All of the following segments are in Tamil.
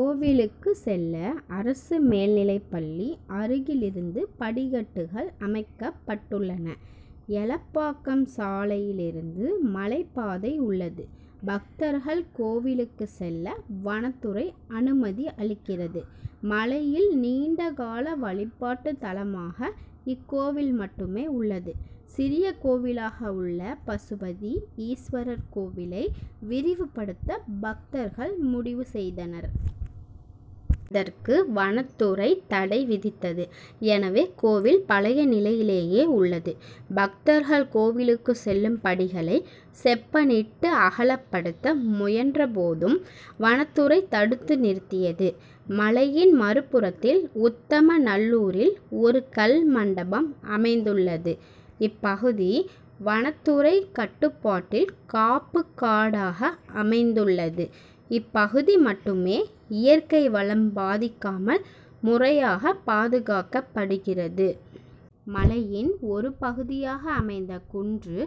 கோவிலுக்கு செல்ல அரசு மேல்நிலைப்பள்ளி அருகிலிருந்து படிக்கட்டுகள் அமைக்கப்பட்டுள்ளன. எலப்பாக்கம் சாலையிலிருந்து மலைப்பாதை உள்ளது. பக்தர்கள் கோவிலுக்கு செல்ல வனத்துறை அனுமதி அளிக்கிறது. மலையில் நீண்டகால வழிபாட்டு தலமாக இக்கோவில் மட்டுமே உள்ளது. சிறிய கோவிலாக உள்ள பசுபதி ஈஸ்வரர் கோவிலை விரிவுபடுத்த பக்தர்கள் முடிவு செய்தனர். அதற்கு வனத்துறை தடை விதித்தது. எனவே கோவில் பழைய நிலையிலேயே உள்ளது. பக்தர்கள் கோவிலுக்கு செல்லும் படிகளை செப்பனிட்டு அகலப்படுத்த முயன்ற போதும் வனத்துறை தடுத்து நிறுத்தியது. மலையின் மறுபுறத்தில் உத்தமநல்லூரில் ஒரு கல் மண்டபம் அமைந்துள்ளது. இப்பகுதி வனத்துறை கட்டுப்பாட்டில் காப்புக்காடாக அமைந்துள்ளது. இப்பகுதி மட்டுமே இயற்கை வளம் பாதிக்காமல் முறையாக பாதுகாக்கப்படுகிறது. மலையின் ஒரு பகுதியாக அமைந்த குன்று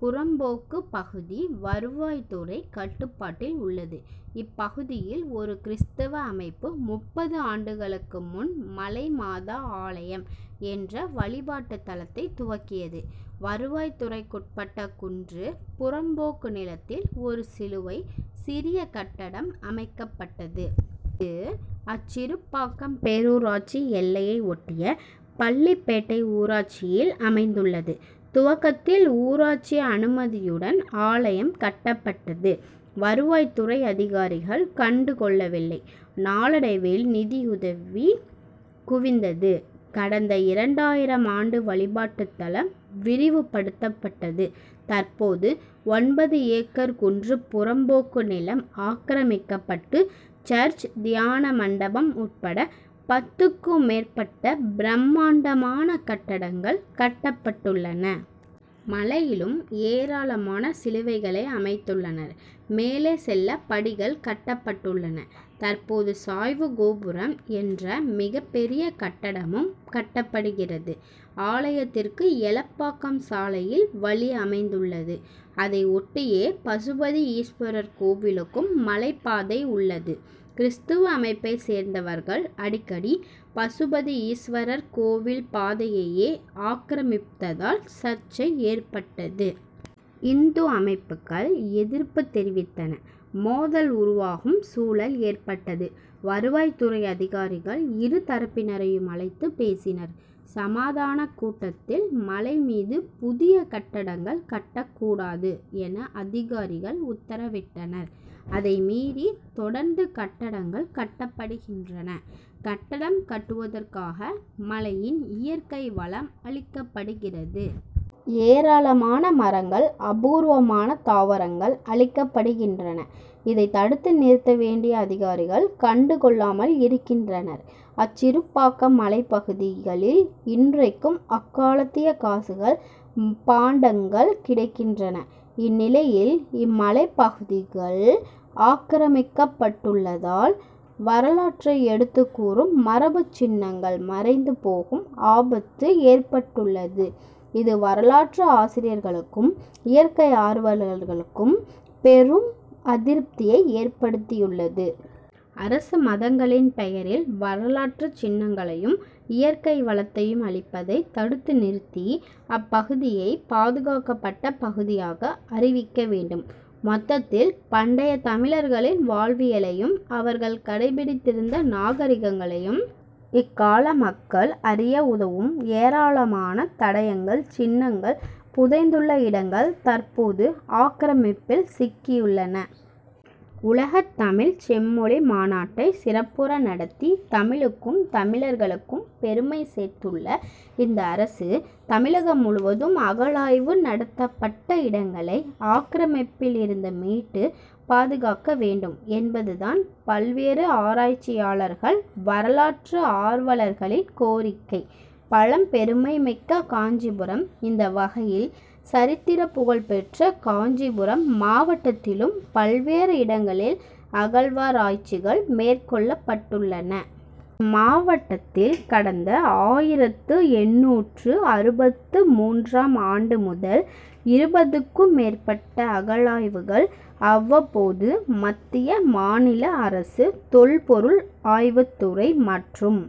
புறம்போக்கு பகுதி வருவாய்த்துறை கட்டுப்பாட்டில் உள்ளது. இப்பகுதியில் ஒரு கிறிஸ்தவ அமைப்பு முப்பது ஆண்டுகளுக்கு முன் மலைமாதா ஆலயம் என்ற வழிபாட்டு தலத்தை துவக்கியது. வருவாய் துறைக்குட்பட்ட குன்று புறம்போக்கு நிலத்தில் ஒரு சிலுவை, சிறிய கட்டடம் அமைக்கப்பட்டது. இது அச்சிறுப்பாக்கம் பேரூராட்சி எல்லையை ஒட்டிய பள்ளிப்பேட்டை ஊராட்சியில் அமைந்துள்ளது. துவக்கத்தில் ஊராட்சி அனுமதியுடன் ஆலயம் கட்டப்பட்டது. வருவாய்த் துறை அதிகாரிகள் கண்டுகொள்ளவில்லை. நாளடைவில் நிதியுதவி குவிந்தது. கடந்த இரண்டாயிரம் ஆண்டு வழிபாட்டுத்தலம் விரிவுபடுத்தப்பட்டது. தற்போது ஒன்பது ஏக்கர் குன்று புறம்போக்கு நிலம் ஆக்கிரமிக்கப்பட்டு சர்ச், தியான மண்டபம் உட்பட பத்துக்கும் மேற்பட்ட பிரமாண்டமான கட்டடங்கள் கட்டப்பட்டுள்ளன. மலையிலும் ஏராளமான சிலுவைகளை அமைத்துள்ளனர். மேலே செல்ல படிகள் கட்டப்பட்டுள்ளன. தற்போது சாய்வு கோபுரம் என்ற மிகப்பெரிய கட்டடமும் கட்டப்படுகிறது. ஆலயத்திற்கு எலப்பாக்கம் சாலையில் வழி அமைந்துள்ளது. அதை ஒட்டியே பசுபதி ஈஸ்வரர் கோவிலுக்கும் மலைப்பாதை உள்ளது. கிறிஸ்தவ அமைப்பை சேர்ந்தவர்கள் அடிக்கடி பசுபதி ஈஸ்வரர் கோவில் பாதையை ஆக்கிரமித்ததால் சர்ச்சை ஏற்பட்டது. இந்து அமைப்புகள் எதிர்ப்பு தெரிவித்தன. மோதல் உருவாகும் சூழல் ஏற்பட்டது. வருவாய் துறை அதிகாரிகள் இரு தரப்பினரையும் அழைத்து பேசினர். சமாதானக் கூட்டத்தில் மலை மீது புதிய கட்டடங்கள் கட்டக் கூடாது என அதிகாரிகள் உத்தரவிட்டனர். அதை மீறி தொடர்ந்து கட்டடங்கள் கட்டப்படுகின்றன. கட்டடம் கட்டுவதற்காக மலையின் இயற்கை வளம் அழிக்கப்படுகிறது. ஏராளமான மரங்கள், அபூர்வமான தாவரங்கள் அழிக்கப்படுகின்றன. இதை தடுத்து நிறுத்த வேண்டிய அதிகாரிகள் கண்டுகொள்ளாமல் இருக்கின்றனர். அச்சிறுப்பாக்கம் மலைப்பகுதிகளில் இன்றைக்கும் அக்காலத்திய காசுகள், பாண்டங்கள் கிடைக்கின்றன. இந்நிலையில், இம்மலைப்பகுதிகள் ஆக்கிரமிக்கப்பட்டுள்ளதால், வரலாற்றை எடுத்துக் கூறும் மரபுச் சின்னங்கள் மறைந்து போகும் ஆபத்து ஏற்பட்டுள்ளது. இது வரலாற்று ஆசிரியர்களுக்கும், இயற்கை ஆர்வலர்களுக்கும் பெரும் அதிருப்தியை ஏற்படுத்தியுள்ளது. அரசு மதங்களின் பெயரில், வரலாற்று சின்னங்களையும், இயற்கை வளத்தையும் அழிப்பதை தடுத்து நிறுத்தி அப்பகுதியை பாதுகாக்கப்பட்ட பகுதியாக அறிவிக்க வேண்டும். மொத்தத்தில், பண்டைய தமிழர்களின் வாழ்வியலையும், அவர்கள் கடைபிடித்திருந்த நாகரிகங்களையும், இக்கால மக்கள் அறிய உதவும் ஏராளமான தடயங்கள், சின்னங்கள் புதைந்துள்ள இடங்கள் தற்போது ஆக்கிரமிப்பில் சிக்கியுள்ளன. உலகத் தமிழ்ச் செம்மொழி மாநாட்டை சிறப்புற நடத்தி, தமிழுக்கும், தமிழர்களுக்கும் பெருமை சேர்த்துள்ள இந்த அரசு, தமிழகம் முழுவதும் அகழாய்வு நடத்தப்பட்ட இடங்களை ஆக்கிரமிப்பில் இருந்து மீட்டு, பாதுகாக்க வேண்டும் என்பது தான் பல்வேறு ஆராய்ச்சியாளர்கள், வரலாற்று ஆர்வலர்களின் கோரிக்கை. பழம் பெருமை மிக்க காஞ்சிபுரம் இந்த வகையில், சரித்திரப் புகழ் பெற்ற காஞ்சிபுரம் மாவட்டத்திலும் பல்வேறு இடங்களில் அகழ்வாராய்ச்சிகள் மேற்கொள்ளப்பட்டுள்ளன. மாவட்டத்தில் கடந்த ஆயிரத்து எண்ணூற்று அறுபத்து மூன்றாம் ஆண்டு முதல் இருபதுக்கும் மேற்பட்ட அகழாய்வுகள் அவ்வப்போது மத்திய, மாநில அரசு தொல்பொருள் ஆய்வுத்துறை மற்றும்